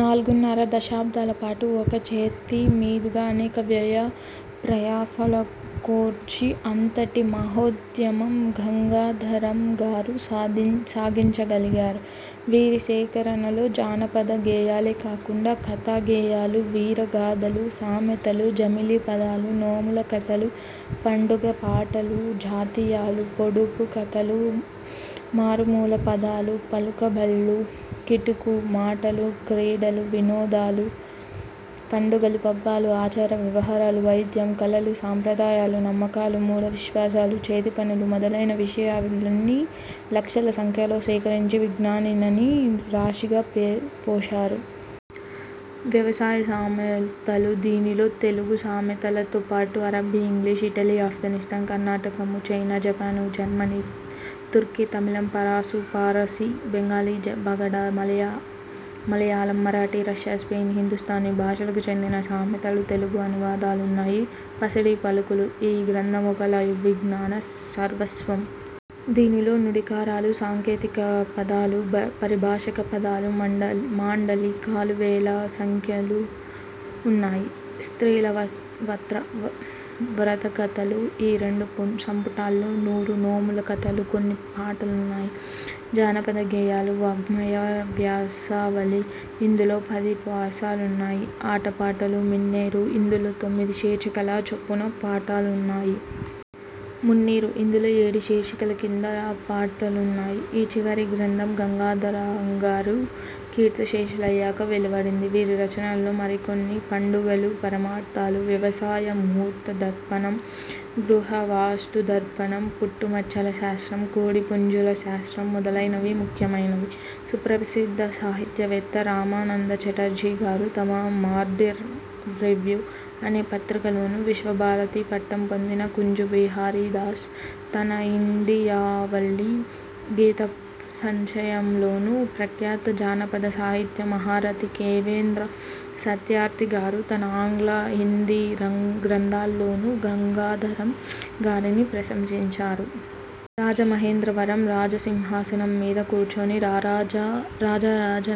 నాలుగున్నర దశాబ్దాలపాటు ఒక్క చేతి మీదుగా అనేక వ్యయ ప్రయాసలకోర్చి అంతటి మహోద్యమం గంగాధరంగారు సాగించగలిగారు. వీరి సేకరణలో జానపద గేయాలే కాకుండా కథాగేయాలు, వీరగాథలు, సామెతలు, జమిలి పదాలు, నోముల కథలు, పండుగ పాటలు, జాతీయాలు, పొడుపు కథలు, మారుమూల పదాలు, పలుకుబళ్ళు, కిటుకు మాటలు, క్రీడలు వినోదాలు, పండుగలు పబ్బాలు, ఆచార వ్యవహారాలు, వైద్యం, కళలు, సంప్రదాయాలు, నమ్మకాలు, మూఢవిశ్వాసాలు, చేతిపనులు మొదలైన విష యాలన్నీ లక్షల సంఖ్యలో సేకరించి విజ్ఞాననిధిని రాశిగా పోశారు. 'వ్యవసాయ సామెతలు', దీనిలో తెలుగు సామెతల తోపాటు అరబ్బీ, ఇంగ్లీషు, ఇటలీ, ఆఫ్ఘనిస్థాను, కర్ణకటము, చైనా, జపాను, జర్మనీ, తుర్కీ, తమిళం, పరాసు, ఫారసీ, Bengali, Badaga, Malaya, Malayalam, Marathi, Russia, Spain, Hindustani భాషలకు చెందిన సామెతల తెలుగు అనువాదాలున్నాయి. 'పసిడి పలుకులు'-, ఈ గ్రంథం ఒక లఘువిజ్ఞాన సర్వస్వం. దీనిలో నుడికారాలు, సాంకేతికపదాలు, పారిభాషిక పదాలు మాండలి కాలు వేల సంఖ్యలో ఉన్నాయి. 'స్త్రీల వ్రత కథలు'-, ఈ రెండు సంపుటాల్లో నూరు నోముల కథలు కొన్ని పాటలు ఉన్నాయి. 'జానపద గేయ వాఙ్మయ వ్యాసావళి', ఇందులో పది వ్యాసాలున్నాయి. ఆట పాటలు-. 'మిన్నేరు'-, ఇందులో తొమ్మిది శీర్షికల చొప్పున పాటలున్నాయి. 'మున్నీరు'-, ఇందులో ఏడు శీర్షికల కింద పాటలున్నాయి. ఈ చివరి గ్రంథం గంగాథరంగారు కీర్తిశేషులయ్యాక వెలువడింది. వీరి రచనల్లో మరికొన్ని: పండుగలు-పరమార్థములు, వ్యవసాయ ముహూర్త దర్పణం, గృహవాస్తు దర్ప ణం, పుట్టు మచ్చల శాస్త్రం, కోడిపుంజుల శాస్త్రం మొదలైనవి ముఖ్యమైనవి. సుప్రసిద్ధ సాహిత్యవేత్త రామానంద చటర్జీ గారు తమ 'మాడర్న్ రివ్యు' అనే పత్రికలోనూ, విశ్వభారతి పట్టం పొందిన కుంజ బిహారీదాస్ తన ఇండియావల్లి గీత సంచయంలోనూ, ప్రఖ్యాత జానపద సాహిత్య మహారథి దేవేంద్ర సత్యార్థి గారు తన ఆంగ్ల, హిందీ గ్రంథాల్లోనూ గంగాధరం గారిని ప్రశంసించారు. రాజమహేంద్ర వరం రాజసింహాసనం మీద కూర్చొని రాజరాజ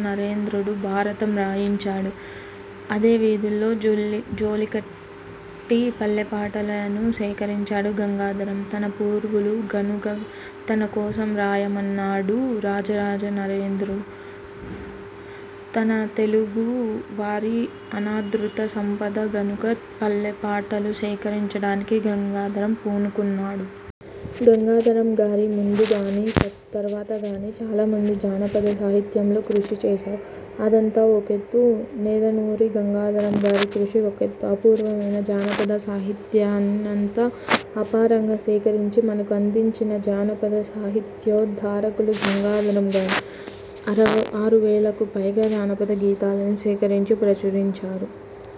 నరేంద్రుడు భారతం రాయిం చాడు. అదే వీధుల్లో జోలికట్టి పల్లెపాటలను సేకరించాడు గంగాధరం. తన పూర్వులు గనుక తన కోసం రాయ మన్నాడు రాజరాజనరేంద్రుడు. తన తెలుగు వారి అనాదృత సంపద గనక పల్లెపాటలు సేకరిం చడానికి గంగాధరం పూనుకున్నాడు. గంగాధరం గారి ముందుగానీ, తర్వాతగానీ చాలామంది జానపద సాహిత్యంలో కృషి చేశారు. అదంతా ఒకెత్తు, నేదునూరి గంగాధరం గారి కృషి ఒకెత్తు. అపూర్వమైన జానపద సాహిత్యాన్నంతా అపారంగా సేకరించి మనకు అందించిన జానపద సాహిత్యోద్ధారకులు గంగాధరం గారు. ఆరువేలకు పైగా జానపద గీతాలను సేకరించి ప్రచురించారు.